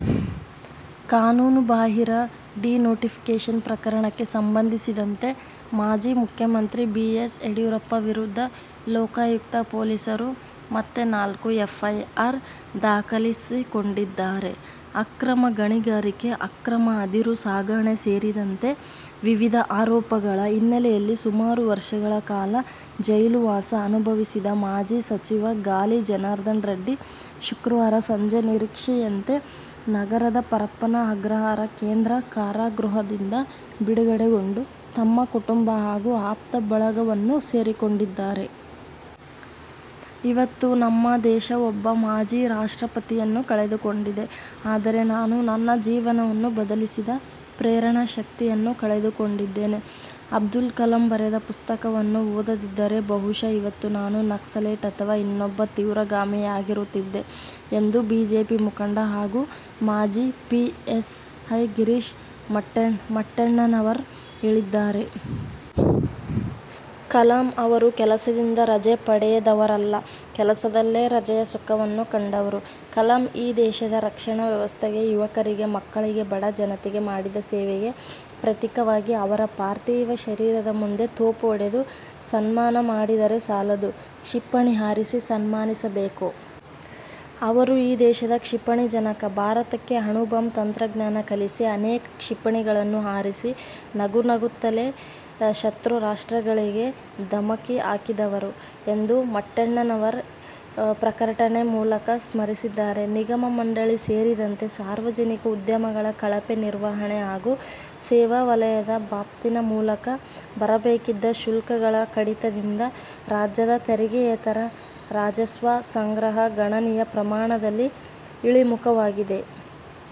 ಕಾನೂನುಬಾಹಿರ ಡಿನೋಟಿಫಿಕೇಷನ್ ಪ್ರಕರಣಕ್ಕೆ ಸಂಬಂಧಿಸಿದಂತೆ ಮಾಜಿ ಮುಖ್ಯಮಂತ್ರಿ ಬಿ. ಎಸ್. ಯಡಿಯೂರಪ್ಪ ವಿರುದ್ಧ ಲೋಕಾಯುಕ್ತ ಪೊಲೀಸರು ಮತ್ತೆ ನಾಲ್ಕು ಎಫ್ಐಆರ್ ದಾಖಲಿಸಿಕೊಂಡಿದ್ದಾರೆ. ಅಕ್ರಮ ಗಣಿಗಾರಿಕೆ, ಅಕ್ರಮ ಅದಿರು ಸಾಗಾಣೆ ಸೇರಿದಂತೆ ವಿವಿಧ ಆರೋಪಗಳ ಹಿನ್ನೆಲೆಯಲ್ಲಿ ಸುಮಾರು ವರ್ಷಗಳ ಕಾಲ ಜೈಲು ವಾಸ ಅನುಭವಿಸಿದ ಮಾಜಿ ಸಚಿವ ಗಾಲಿ ಜನಾರ್ದನ ರೆಡ್ಡಿ ಶುಕ್ರವಾರ ಸಂಜೆ ನಿರೀಕ್ಷೆಯಂತೆ ನಗರದ ಪರಪ್ಪನ ಆಗ್ರಹಾರ ಕೇಂದ್ರ ಕಾರಾಗೃಹದಿಂದ ಬಿಡುಗಡೆಗೊಂಡು ತಮ್ಮ ಕುಟುಂಬ ಹಾಗೂ ಆಪ್ತ ಬಳಗವನ್ನು ಸೇರಿಕೊಂಡಿದ್ದಾರೆ. "ಇವತ್ತು ನಮ್ಮ ದೇಶ ಒಬ್ಬ ಮಾಜಿ ರಾಷ್ಟ್ರಪತಿಯನ್ನು ಕಳೆದುಕೊಂಡಿದೆ. ಆದರೆ ನಾನು ನನ್ನ ಜೀವನವನ್ನು ಬದಲಿಸಿದ ಪ್ರೇರಣಾ ಶಕ್ತಿಯನ್ನು ಕಳೆದುಕೊಂಡಿದ್ದೇನೆ. ಅಬ್ದುಲ್ ಕಲಾಂ ಬರೆದ ಪುಸ್ತಕವನ್ನು ಓದದಿದ್ದರೆ ಬಹುಶಃ ಇವತ್ತು ನಾನು ನಕ್ಸಲೈಟ್ ಅಥವಾ ಇನ್ನೊಬ್ಬ ತೀವ್ರಗಾಮಿಯಾಗಿರುತ್ತಿದ್ದೆ' ಎಂದು ಬಿಜೆಪಿ ಮುಖಂಡ ಹಾಗೂ ಮಾಜಿ ಪಿಎಸ್ಐ ಗಿರೀಶ್ ಮಟ್ಟೆಣ್ಣವರ್ ಹೇಳಿದ್ದಾರೆ. ಕಲಾಂ ಅವರು ಕೆಲಸದಿಂದ ರಜೆ ಪಡೆದವರಲ್ಲ. ಕೆಲಸದಲ್ಲೇ ರಜೆಯ ಸುಖವನ್ನು ಕಂಡವರು. ಕಲಾಂ ಈ ದೇಶದ ರಕ್ಷಣಾ ವ್ಯವಸ್ಥೆಗೆ, ಯುವಕರಿಗೆ, ಮಕ್ಕಳಿಗೆ, ಬಡ ಜನತೆಗೆ ಮಾಡಿದ ಸೇವೆಗೆ ಪ್ರತೀಕವಾಗಿ ಅವರ ಪಾರ್ಥಿವ ಶರೀರದ ಮುಂದೆ ತೋಪು ಹೊಡೆದು ಸನ್ಮಾನ ಮಾಡಿದರೆ ಸಾಲದು. ಕ್ಷಿಪಣಿ ಹಾರಿಸಿ ಸನ್ಮಾನಿಸಬೇಕು. ಅವರು ಈ ದೇಶದ ಕ್ಷಿಪಣಿ ಜನಕ. ಭಾರತಕ್ಕೆ ಅಣುಬಾಂಬ್ ತಂತ್ರಜ್ಞಾನ ಕಲಿಸಿ, ಅನೇಕ ಕ್ಷಿಪಣಿಗಳನ್ನು ಹಾರಿಸಿ ನಗುನಗು ನಗುತ್ತಲೇ ಶತ್ರು ರಾಷ್ಟ್ರಗಳಿಗೆ ಧಮಕಿ ಹಾಕಿದವರು ಎಂದು ಮಟ್ಟೆಣ್ಣವರ್ ಪ್ರಕಟಣೆ ಮೂಲಕ ಸ್ಮರಿಸಿದ್ದಾರೆ. ನಿಗಮ-ಮಂಡಳಿ ಸೇರಿದಂತೆ ಸಾರ್ವಜನಿಕ ಉದ್ಯಮಗಳ ಕಳಪೆ ನಿರ್ವಹಣೆ ಹಾಗೂ ಸೇವಾವಲಯದ ಬಾಬ್ತಿನ ಮೂಲಕ ಬರಬೇಕಿದ್ದ ಶುಲ್ಕಗಳ ಕಡಿತದಿಂದ ರಾಜ್ಯದ ತೆರಿಗೆಯೇತರ ರಾಜಸ್ವ ಸಂಗ್ರಹ ಗಣನೀಯ ಪ್ರಮಾಣದಲ್ಲಿ ಇಳಿಮುಖವಾಗಿದೆ.